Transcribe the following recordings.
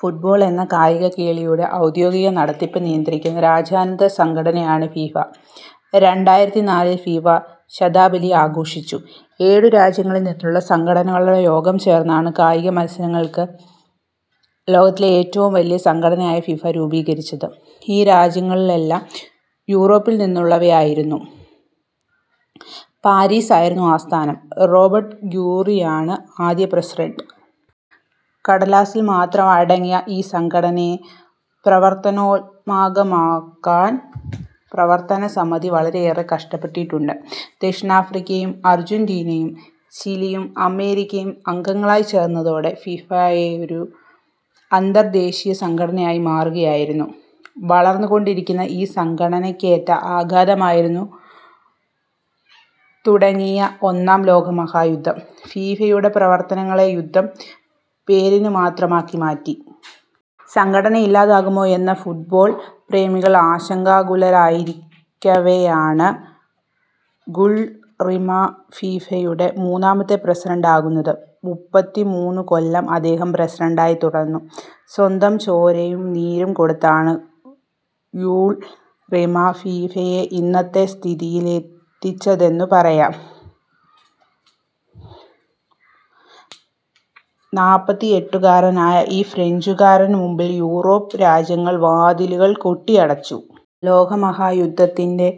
Football എന്ന കായികകേളിയുടെ ഔദ്യോഗിക നടത്തിപ്പ് നിയന്ത്രിക്കുന്ന രാജ്യാന്തര സംഘടനയാണ് ഫിഫ. രണ്ടായിരത്തിനാലിൽ ഫിഫ ശതാബ്ദി ആഘോഷിച്ചു. ഏഴു രാജ്യങ്ങളിൽ നിന്നുളള സംഘടനകളുടെ യോഗം ചേർന്നാണ് കായികമത്സരങ്ങൾക്ക് ലോകത്തിലെ ഏറ്റവും വലിയ സംഘടനയായ ഫിഫ രൂപികരിച്ചത്. ഈ രാജ്യങ്ങളെല്ലാം യൂറോപ്പിൽനിന്നുള്ളവയായിരുന്നു. പാരീസിലായിരുന്നു ആസ്ഥാനം. റോബെർട്ട് ഗ്യൂറിനാണ് ആദ്യ പ്രസിഡന്റ്. കടലാസിൽ മാത്രം അടങ്ങിയ ഈ സംഘടനയെ പ്രവർത്തനോന്മുഖമാക്കാൻ പ്രവർത്തക സമിതി വളരെയേറെ കഷ്ടപ്പെട്ടിട്ടുണ്ട്. ദക്ഷിണാഫ്രിക്കയും അർജന്റീനയും ചിലിയും അമേരിക്കയും അംഗങ്ങളായി ചേർന്നതോടെ ഫിഫയൊരു അന്തർദ്ദേശീയ സംഘടനയായി മാറുകയായിരുന്നു. വളർന്ന് കൊണ്ടിരുന്ന ഈ സംഘടനക്കേറ്റ ആഘാതമായിരുന്നു തുടങ്ങിയ ഒന്നാം ലോകമഹായുദ്ധം. ഫിഫയുടെ പ്രവർത്തനങ്ങളെ യുദ്ധം പേരിനുമാത്രമാക്കി മാറ്റി. സംഘടന ഇല്ലാതായേക്കുമോ എന്ന് ഫുട്ബോൾ പ്രേമികൾ ആശങ്കാകുലരായിരിക്കവെയാണ് യൂൾ റിമെ ഫിഫയുടെ മൂന്നാമത്തെ പ്രസിഡന്റാവുന്നത്. മുപ്പത്തിമൂന്നു കൊല്ലം അദ്ദേഹം പ്രസിഡന്റായി തുടർന്നു. സ്വന്തം ചോരയും നീരും കൊടുത്താണ് യൂൾ റിമെ ഫിഫയെ ഇന്നത്തെ സ്ഥിതിയിലെത്തിച്ചതെന്നു പറയാം. നാല്പത്തിയെട്ടു കാരനായ ഈ ഫ്രഞ്ച്കാരനുമുന്നിൽ യൂറോപ്യൻ രാജ്യങ്ങൾ വാതിലുകൾ കൊട്ടിയടച്ചു. ലോകമഹായുദ്ധത്തിന്റെ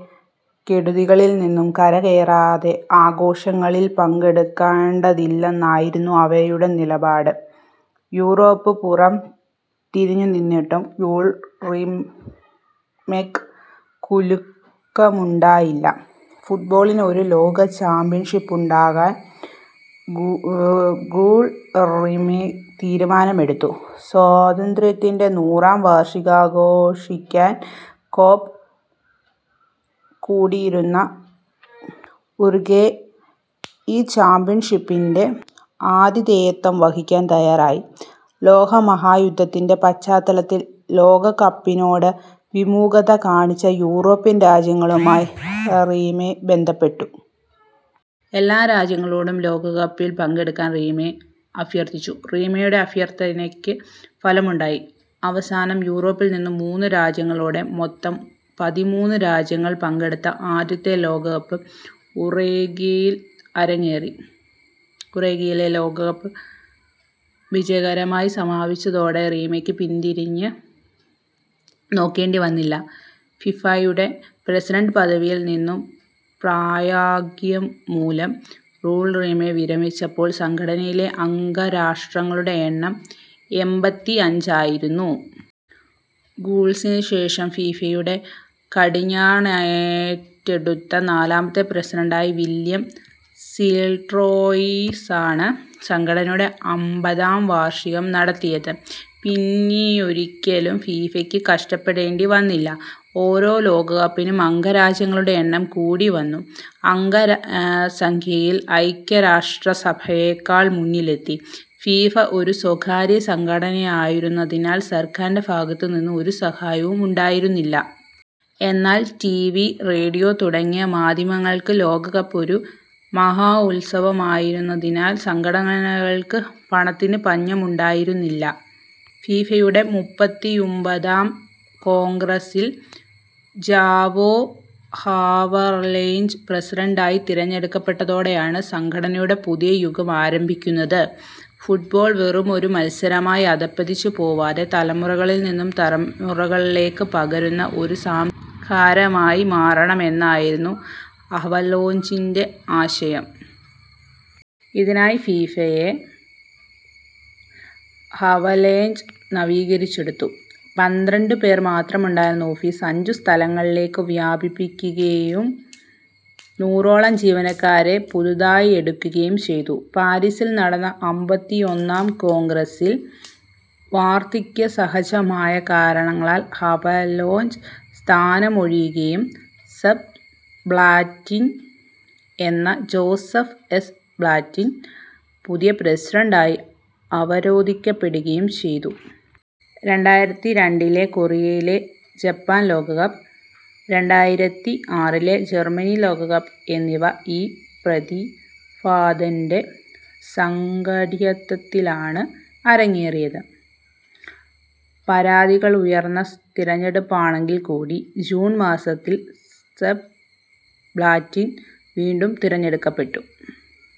കെടുതികളിൽനിന്ന് കരകയറാതെ ആഘോഷങ്ങളിൽ പങ്കെടുക്കേണ്ടതില്ലെന്നായിരുന്നു അവയുടെ നിലപാട്. യൂറോപ്പ് പുറംതിരിഞ്ഞുനിന്നിട്ടും യൂൾ റിമെക്ക് കുലുക്കമുണ്ടായില്ല. ഫുട്ബോളിന് ഒരു ലോക ചാമ്പ്യൻഷിപ്പുണ്ടാക്കാൻ യൂൾ റിമെ തീരുമാനമെടുത്തു. സ്വാതന്ത്ര്യത്തിന്റെ നൂറാം വാർഷികമാഘോഷിക്കാൻ കോപ്പ് കൂട്ടിയിരുന്ന ഉറുഗ്വെ ഈ ചാമ്പ്യൻഷിപ്പിന്റെ ആതിഥേയത്വം വഹിക്കാൻ തയ്യാറായി. ലോകമഹായുദ്ധത്തിന്റെ പശ്ചാത്തലത്തിൽ ലോകകപ്പിനോട് വിമുഖത കാണിച്ച യൂറോപ്യൻ രാജ്യങ്ങളുമായി റിമെ ബന്ധപ്പെട്ടു. എല്ലാ രാജ്യങ്ങളോടും ലോകകപ്പിൽ പങ്കെടുക്കാൻ റിമെ അഭ്യർത്ഥിച്ചു. റിമെയുടെ അഭ്യർത്ഥനയ്ക്ക് ഫലമുണ്ടായി. അവസാനം യൂറോപ്പിൽനിന്ന് മൂന്ന് രാജ്യങ്ങളോടെ, മൊത്തം പതിമൂന്ന് രാജ്യങ്ങൾ പങ്കെടുത്ത ആദ്യത്തെ ലോകകപ്പ് ഉറുഗ്വെയിൽ അരങ്ങേറി. ഉറുഗ്വെ ലോകകപ്പ് വിജയകരമായി സമാപിച്ചതോടെ റിമെയ്ക്കു പിന്തിരിഞ്ഞ് നോക്കേണ്ടി വന്നില്ല. ഫിഫയുടെ പ്രസിഡന്റ് പദവിയിൽ നിന്ന് പ്രായാധിക്യം മൂലം യൂൾ റിമെ വിരമിച്ചപ്പോൾ സംഘടനയിലെ അംഗരാഷ്ട്രങ്ങളുടെ എണ്ണം എമ്പത്തിഅഞ്ചായിരുന്നു. യൂൾസിന് ശേഷം ഫിഫയുടെ കടിഞ്ഞാണേറ്റെടുത്ത നാലാമത്തെ പ്രസിഡന്റായ വില്ല്യം സീൽഡ്രോയേഴ്സാണ് സംഘടനയുടെ അമ്പതാം വാർഷികം നടത്തിയത്. പിന്നെയൊരിക്കലും ഫിഫയ്ക്ക് കഷ്ടപ്പെടേണ്ടി വന്നില്ല. ഓരോ ലോകകപ്പിനും അംഗരാജ്യങ്ങളുടെ എണ്ണം കൂടിവന്നു. അംഗ സംഖ്യയിൽ ഐക്യ രാഷ്ട്ര സഭയെക്കാൾ മുന്നിലെത്തി. ഫിഫ ഒരു സ്വകാര്യ സംഘടനയായിരുന്നതിനാൽ സർക്കാരിന്റെ ഭാഗത്ത് നിന്ന് ഒരു സഹായവും ഉണ്ടായിരുന്നില്ല. എന്നാൽ ടിവി, റേഡിയോ തുടങ്ങിയ മാധ്യമങ്ങൾക്ക് ലോകകപ്പ് ഒരു മഹോത്സവമായിരുന്നതിൽ സംഘടനയ്ക്ക് പണത്തിന് പഞ്ഞമുണ്ടായിരുന്നില്ല. ഫിഫയുടെ മുപ്പത്തിയുമ്പതാം കോൺഗ്രസ്സിൽ ജോവോ ഹവലേഞ്ച് പ്രസിഡന്റായി തിരഞ്ഞെടുക്കപ്പെട്ടതോടെയാണ് സംഘടനയുടെ പുതുയുഗം ആരംഭിക്കുന്നത്. ഫുട്ബോൾ വെറുമൊരു മത്സരമായി അധ:പതിച്ച് പോവാതെ തലമുറകളിൽനിന്ന് തലമുറകളിലേക്ക് പകരുന്ന ഒരു സംസ്കാരമായി മാറണം എന്നായിരുന്നു ഹവലേഞ്ചിന്റെ ആശയം. ഇതിനായി ഫിഫയെ ഹവലേഞ്ച് നവീകരിച്ചെടുത്തു. പന്ത്രണ്ട് പേർ മാത്രമുണ്ടായിരുന്ന ഓഫീസ്, അഞ്ചു സ്ഥലങ്ങളിലേക്ക് വ്യാപിപ്പിക്കുകയും നൂറോളം ജീവനക്കാരെ പുതുതായെടുക്കുകയും ചെയ്തു. പാരീസിൽ നടന്ന അമ്പത്തിയൊന്നാം കോൺഗ്രസ്സിൽ വാർദ്ധക്യസഹജമായ കാരണങ്ങളാൽ ഹവലേഞ്ച് സ്ഥാനമൊഴിയുകയും സെപ് ബ്ലാറ്റർ എന്ന ജോസഫ് എസ്. ബ്ലാറ്റർ പുതിയ പ്രസിഡന്റായി അവരോധിക്കപ്പെടുകയും ചെയ്തു. രണ്ടായിരത്തിരണ്ടിലെ കൊറിയ ജപ്പാൻ ലോകകപ്പ്, രണ്ടായിരത്തിആറിലെ ജർമ്മനി ലോകകപ്പ് എന്നിവ ഈ പ്രതിഭാധനന്റെ സംഘാടകത്വത്തിലാണ് അരങ്ങേറിയത്. പരാതികളുയർന്ന തെരഞ്ഞെടുപ്പാണെങ്കിൽക്കൂടി, ജൂൺ മാസത്തിൽ സെപ് ബ്ലാറ്റർ വീണ്ടും തെരഞ്ഞെടുക്കപ്പെട്ടു.